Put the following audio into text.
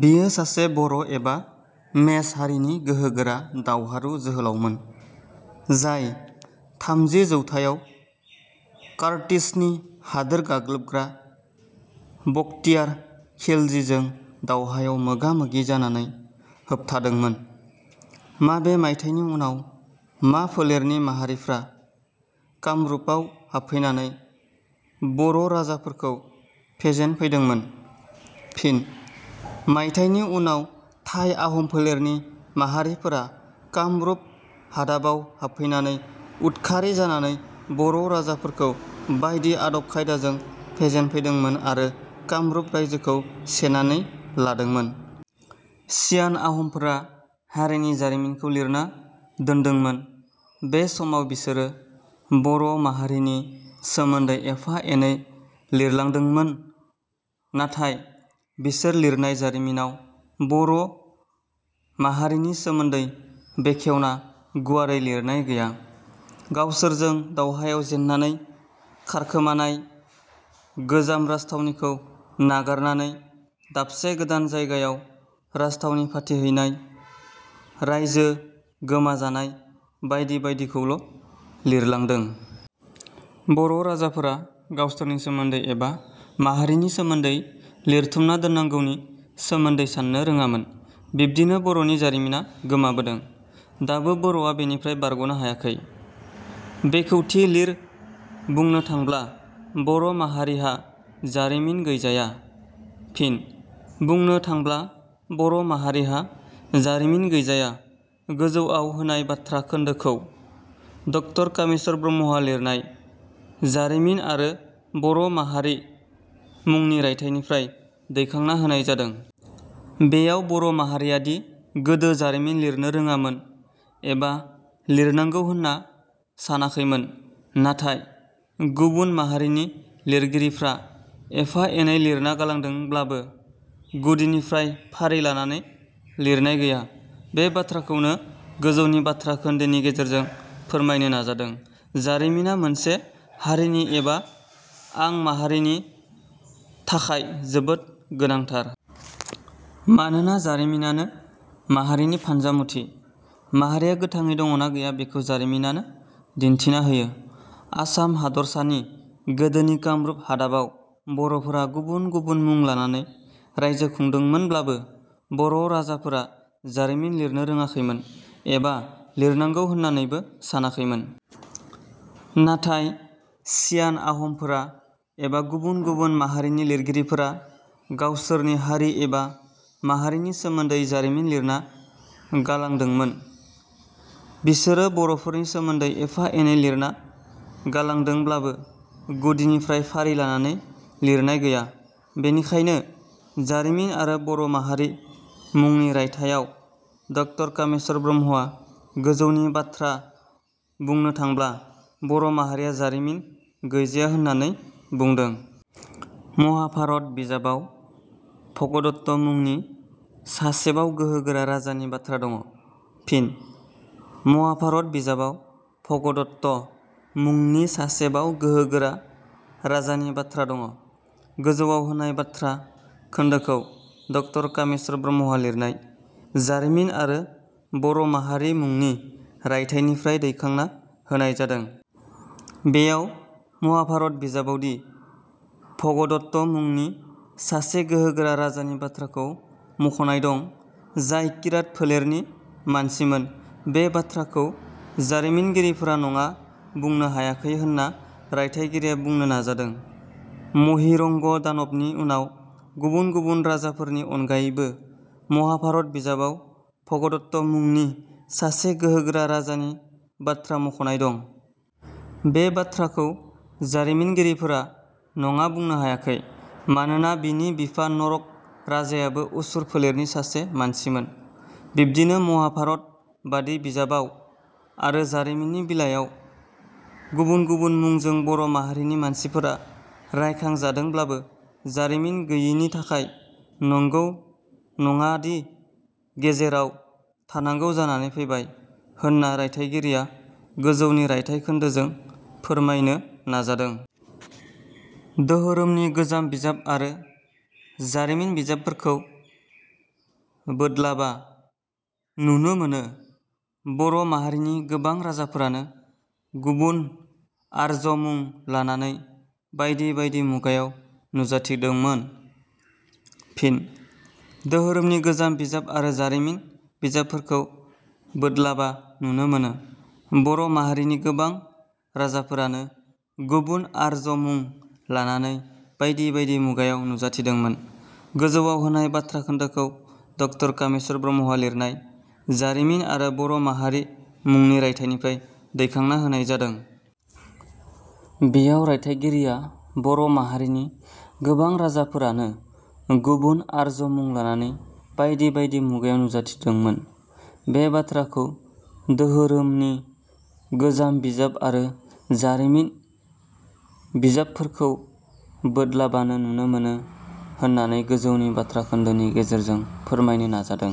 बियो सासे बर' एबा मेछ हारिनि गोहोगोरा दावहारु जोहोलावमोन, जाय थामजि जौथायाव कार्तिसनि हादोर गाग्लोबग्रा बकटियार खिलजिजों दावहायाव मोगा-मोगि जानानै होबथादोंमोन।. माबे मायथाइनि उनाव मा फोलेरनि माहारिफ्रा कामरुपाव हाबफैनानै बर' राजाफोरखौ फेजेनफैदोंमोन? फिन: मायथाइनि उनाव थाइ आह'म फोलेरनि माहारिफोरा कामरूप हादाबाव हाबफैनानै उतखारि जानानै बर' राजाफोरखौ बायदि आदब खायदाजों फेजेनफैदोंमोन आरो कामरुप राइजोखौ सेनानै लादोंमोन। सियान आह'मफोरा हारिनि जारिमिनखौ लिरना दोनदोंमोन। बे समाव बिसोरो बर' माहारिनि सोमोन्दै एफा एनै लिरलांदोंमोन। नाथाय बिसोर लिरनाय जारिमिनाव बर' महारिनि सोमोन्दै बेखेवना गुवारै लिरनाय गैया। गावसोरजों दावहायाव जेननानै खारखोमानाय, गोजाम राजथावनिखौ नागारनानै दाबसे गोदान जायगायाव राजथावनि फाथिहैनाय, राइजो गोमा जानाय बायदि बायदिखौल' लिरलांदों। बर' राजाफोरा गावसोरनि सोमोन्दै एबा माहारिनि सोंमोन्दै लिरथुमना दोननांगौनि सोमोन्दै साननो रोङामोन। बिब्दिनो बर'नि जारिमिना गोमाबोदों। दाबो बर'आ बेनिफ्राय बारग'नो हायाखै। बेखेवथि लिर बुंनो थांब्ला बर' माहारिहा जारिमिन गैजाया। फिन: "बुंनो थांब्ला बर' माहारिहा जारिमिन गैजाया" गोजौआव होनाय बाथ्रा खोन्दोखौ ड कामेस्वर ब्रह्मआ लिरनाय "जारिमिन आरो बर' माहारि" मुंनि रायथाइनिफ्राय दैखांना होनाय जादों। बेयाव बर' माहारियादि गोदो जारिमिन लिरनो रोङामोन एबा लिरनांगौ होनना सानाखैमोन नाथाइ गुबुन माहारिनि लिरगिरिफ्रा एफा एनै लिरना गालांदोंब्लाबो गुदिनिफ्राय फारि लानानै लिरनाय गैया, बे बाथ्राखौनो गोजौनि बाथ्रा खोन्दोनि गेजेरजों फोरमायनो नाजादों। जारिमिना मोनसे हारिनि एबा आं माहारिनि धाखाय जोबोद गोनांथार। मानोना जारिमिनानो माहारिनि फान्जामुथि। माहारिया गोथाङै दङ'ना गैया बेखौ जारिमिनानो दिन्थिना होयो। आसाम हादारसानि गोदोनि कामरुप हादाबाव बर'फोरा गुबुन गुबुन मुं लानै रायजो खुंदोंमोनब्लाबो बर' राजाफोरा जारिमिन लिरनो रोङाखैमोन एबा लिरनांगौ होननैबो सानाखैमोन। नाथाइ सियान आहमफोरा एबा गुबुन गुबुन माहारिनि लिरगिरिफोरा गावसोरनि हारि एबा माहारिनि सोमोन्दै जारिमिन लिरना गालांमदोंमोन। बिसोरो बर'फोरनि सोमोन्दै एफा एनै लिरना गालांदोंब्लाबो गुदिनिफ्राय फारि लानानै लिरनाय गैया। बेनिखायनो "जारिमिन आरो बर' माहारि" मुंनि रायथायाव ड कामेस्वर ब्रह्मआ गोजौनि बाथ्रा "बुंनो थांब्ला बर' माहारिहा जारिमिन गैजाया" होननानै बुंदों। महाभारत बिजाबाव 'भगदत्त' मुंनि सासेबाव गोहो गोरा राजानि बाथ्रा दङ'। फिन: "महाभारत बिजाबाव 'भगदत्त' मुंनि सासेबाव गोहो गोरा राजानि बाथ्रा दङ'" गोजौआव होनाय बाथ्रा खोन्दोखौ ड कामेस्वर ब्रह्मआ लिरनाय "जारिमिन आरो बर' माहारि" मुंनि रायथाइनिफ्राय दैखांना होनाय जादों। बेयाव "महाभारत" बिजाबावदि 'भगदत्त' मुंनि सासे गोहोगोरा राजानि बाथ्राखौ मुंखनाय दं जाय 'किरात फोलेरनि मानसिमोन, -बे बाथ्राखौ जारिमिनगिरिफोरा नंङा बुंनो हायाखै होनना रायथाइगिरिया बुंनो नाजादों। महिरंग' दानाबनि उनाव गुबुन गुबुन राजाफोरनि अनगायैबो 'महाभारत' बिजाबाव 'भगदत्त' मुंनि सासे गोहोगोरा राजानि बाथ्रा मुंखनाय दं। बे बाथ्राखौ जारिमिनगिरिफोरा नङा बुंनो हायाखै। मानोना बिनि बिफा 'नरक' राजायाबो असुर फोलेरनि सासे मानसिमोन। बिब्दिनो 'माहाभारत' बादि बिजाबाव आरो जारिमिननि बिलायाव गुबुन गुबुन मुंजों बर' माहारिनि मानसिफोरा रायखांजादोंब्लाबो जारिमिन गैयिनि थाखाय नंगौ नङादि गेजेराव थांनांगौ जानानै फैबाय होनना रायथाइगिरिया गोजौनि रायथाइ खोनदोजों फोरमायनो नाजादों। दोहोरोमनि गोजाम बिजाब आरो जारिमिन बिजाबफोरखौ बोदलाबा नुनो मोनो, -बर' माहारिनि गोबां राजाफोरानो गुबुन आर्ज्य मुं लानानै बायदि बायदि मुगायाव नुजाथिदोंमोन। फिन: "दोहोरोमनि गोजाम बिजाब आरो जारिमिन बिजाबफोरखौ बोदलाबा नुनो मोनो, -बर' माहारिनि गोबां राजाफोरानो गुबुन आर्ज्य मुं लानानै बायदि बायदि मुगायाव नुजाथिदोंमोन" गोजौआव होनाय बाथ्रा खोन्दोखौ ड कामेस्वर ब्रह्मआ लिरनाय "जारिमिन आरो बर' माहारि" मुंनि रायथाइनिफ्राय दैखांना होनाय जादों। बेयाव रायथाइगिरिया बर' माहारिनि गोबां राजाफोरानो गुबुन आर्ज्य मुं लानानै बायदि बायदि मुगायाव नुजाथिदोंमोन, -बे बाथ्राखौ दोहोरोमनि गोजाम बिजाब आरो जारिमिन बिजाबफोरखौ बोदलाबानो नुनो मोनो होननानै गोजौनि बाथ्राखोन्दोनि गेजेरजों फोरमायनो नाजादों।